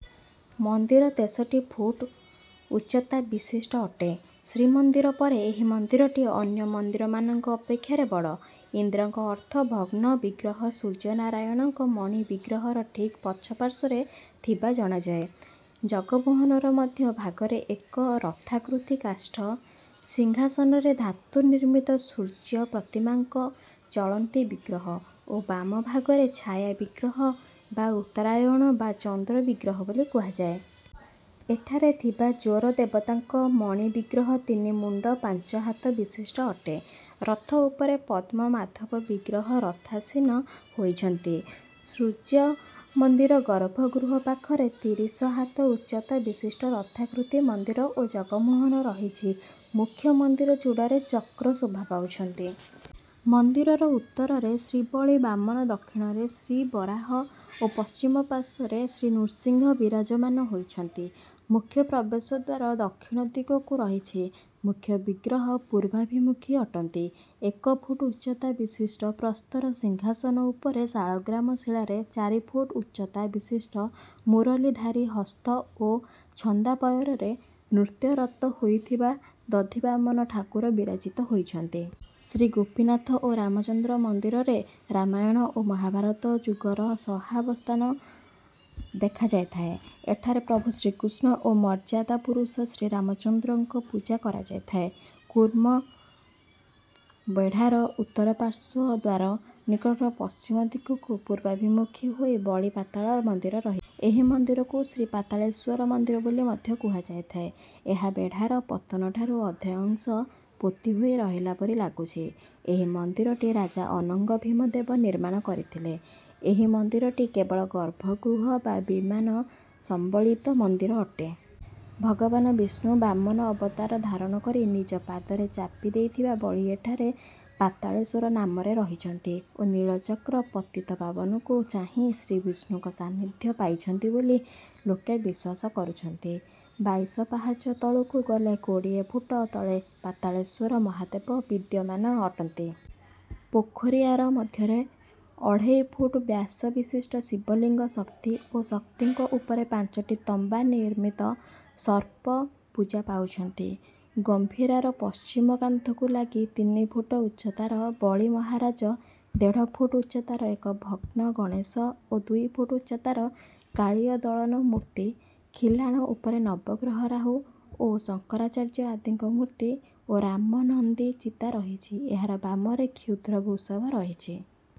ମନ୍ଦିର ତେଷଠି ଫୁଟ୍ ଉଚ୍ଚତା ବିଶିଷ୍ଟ ଅଟେ। ଶ୍ରୀମନ୍ଦିର ପରେ ଏହି ମନ୍ଦିରଟି ଅନ୍ୟ ମନ୍ଦିରମାନଙ୍କ ଅପେକ୍ଷାରେ ବଡ଼। ଇନ୍ଦ୍ରଙ୍କ ଅର୍ଦ୍ଧ ଭଗ୍ନ ବିଗ୍ରହ ସୂର୍ଯ୍ୟ ନାରାୟଣଙ୍କ ମଣି ବିଗ୍ରହର ଠିକ୍ ପଛ ପାର୍ଶ୍ୱରେ ଥିବା ଜଣାଯାଏ। ଜଗମୋହନର ମଧ୍ୟ ଭାଗରେ ଏକ ରଥାକୃତି କାଷ୍ଠ ସିଂହାସନରେ ଧାତୁ ନିର୍ମିତ ସୂର୍ଯ୍ୟ ପ୍ରତିମାଙ୍କ ଚଳନ୍ତି ବିଗ୍ରହ ଓ ବାମ ଭାଗରେ ଛାୟା ବିଗ୍ରହ ବା ଉତ୍ତରାୟଣ ବା ଚନ୍ଦ୍ର ବିଗ୍ରହ ବୋଲି କୁହାଯାଏ। ଏଠାରେ ଥିବା ଜ୍ୱର ଦେବତାଙ୍କ ମଣି ବିଗ୍ରହ ତିନି ମୁଣ୍ଡ ପାଞ୍ଚ ହାତ ବିଶିଷ୍ଟ ଅଟେ। ରଥ ଉପରେ ପଦ୍ମ ମାଧବ ବିଗ୍ରହ ରଥାସୀନ ହୋଇଛନ୍ତି। ସୂର୍ଯ୍ୟ ମନ୍ଦିର ଗର୍ଭଗୃହ ପାଖରେ ତିରିଶ ହାତ ଉଚ୍ଚତା ବିଶିଷ୍ଟ ରଥାକୃତି ମନ୍ଦିର ଓ ଜଗମୋହନ ରହିଛି। ମୁଖ୍ୟ ମନ୍ଦିର ଚୂଡ଼ାରେ ଚକ୍ର ଶୋଭା ପାଉଛନ୍ତି। ମନ୍ଦିରର ଉତ୍ତରରେ ଶ୍ରୀବଳି ବାମନ ଦକ୍ଷିଣରେ ଶ୍ରୀବରାହ ଓ ପଶ୍ଚିମ ପାର୍ଶ୍ୱରେ ଶ୍ରୀନୃସିଂହ ବିରାଜମାନ ହୋଇଛନ୍ତି। ମୁଖ୍ୟ ପ୍ରବେଶ ଦ୍ୱାର ଦକ୍ଷିଣ ଦିଗକୁ ରହିଛି। ମୁଖ୍ୟ ବିଗ୍ରହ ପୂର୍ବାଭିମୁଖୀ ଅଟନ୍ତି। ଏକ ଫୁଟ୍ ଉଚ୍ଚତା ବିଶିଷ୍ଟ ପ୍ରସ୍ତର ସିଂହାସନ ଉପରେ ଶାଳଗ୍ରାମ ଶିଳାରେ ଚାରି ଫୁଟ୍ ଉଚ୍ଚତା ବିଶିଷ୍ଟ ମୁରଲୀଧାରୀ ହସ୍ତ ଓ ଛନ୍ଦା ପୟରରେ ନୃତ୍ୟରତ ହୋଇଥିବା ଦଧିବାମନ ଠାକୁର ବିରାଜିତ ହୋଇଛନ୍ତି। ଶ୍ରୀ ଗୋପୀନାଥ ଓ ରାମଚନ୍ଦ୍ର ମନ୍ଦିରରେ ରାମାୟଣ ଓ ମହାଭାରତ ଯୁଗର ସହାବସ୍ଥାନ ଦେଖାଯାଇଥାଏ। ଏଠାରେ ପ୍ରଭୁ ଶ୍ରୀକୃଷ୍ଣ ଓ ମର୍ଯ୍ୟାଦା ପୁରୁଷ ଶ୍ରୀରାମଚନ୍ଦ୍ରଙ୍କ ପୂଜା କରାଯାଇଥାଏ। କୁର୍ମ ବେଢାର ଉତ୍ତର ପାର୍ଶ୍ୱ ଦ୍ୱାର ନିକଟରେ ପଶ୍ଚିମ ଦିଗକୁ ପୂର୍ବାଭିମୁଖୀ ହୋଇ ବଳୀ ପାତାଳ ମନ୍ଦିର ରହିଛି। ଏହି ମନ୍ଦିରକୁ ଶ୍ରୀପାତାଳେଶ୍ୱର ମନ୍ଦିର ବୋଲି ମଧ୍ୟ କୁହାଯାଇଥାଏ। ଏହା ବେଢାର ପତନଠାରୁ ଅଧେ ଅଂଶ ପୋତି ହୋଇ ରହିଲା ପରି ଲାଗୁଛି। ଏହି ମନ୍ଦିରଟି ରାଜା ଅନଙ୍ଗ ଭୀମ ଦେବ ନିର୍ମାଣ କରିଥିଲେ। ଏହି ମନ୍ଦିରଟି କେବଳ ଗର୍ଭଗୃହ ବା ବିମାନ ସମ୍ବଳିତ ମନ୍ଦିର ଅଟେ। ଭଗବାନ ବିଷ୍ଣୁ ବାମନ ଅବତାର ଧାରଣ କରି ନିଜ ପାଦରେ ଚାପି ଦେଇଥିବା ବଳୀ ଏଠାରେ ପାତାଳେଶ୍ୱର ନାମରେ ରହିଛନ୍ତି ଓ ନୀଳଚକ୍ର ପତିତପାବନକୁ ଚାହିଁ ଶ୍ରୀବିଷ୍ଣୁଙ୍କ ସାନିଧ୍ୟ ପାଇଛନ୍ତି ବୋଲି ଲୋକେ ବିଶ୍ୱାସ କରୁଛନ୍ତି। ବାଇଶ ପାହାଚ ତଳକୁ ଗଲେ କୋଡ଼ିଏ ଫୁଟ ତଳେ ପାତାଳେଶ୍ୱର ମହାଦେବ ବିଦ୍ୟମାନ ଅଟନ୍ତି। ପୋଖରିଆର ମଧ୍ୟରେ ଅଢ଼େଇ ଫୁଟ୍ ବ୍ୟାସ ବିଶିଷ୍ଟ ଶିବଲିଙ୍ଗ ଶକ୍ତି ଓ ଶକ୍ତିଙ୍କ ଉପରେ ପାଞ୍ଚଟି ତମ୍ବା ନିର୍ମିତ ସର୍ପ ପୂଜା ପାଉଛନ୍ତି। ଗମ୍ଭୀରାର ପଶ୍ଚିମ କାନ୍ଥକୁ ଲାଗି ତିନି ଫୁଟ ଉଚ୍ଚତାର ବଳୀ ମହାରାଜ ଦେଢ଼ ଫୁଟ୍ ଉଚ୍ଚତାର ଏକ ଭଗ୍ନ ଗଣେଶ ଓ ଦୁଇ ଫୁଟ୍ ଉଚ୍ଚତାର କାଳୀୟ ଦଳନ ମୂର୍ତ୍ତି ଖିଲାଣ ଉପରେ ନବଗ୍ରହ ରାହୁ ଓ ଶଙ୍କରାଚାର୍ଯ୍ୟ ଆଦିଙ୍କ ମୂର୍ତ୍ତି ଓ ରାମନନ୍ଦୀ ଚିତା ରହିଛି। ଏହାର ବାମରେ କ୍ଷୁଦ୍ର ବୃଷଭ ରହିଛି।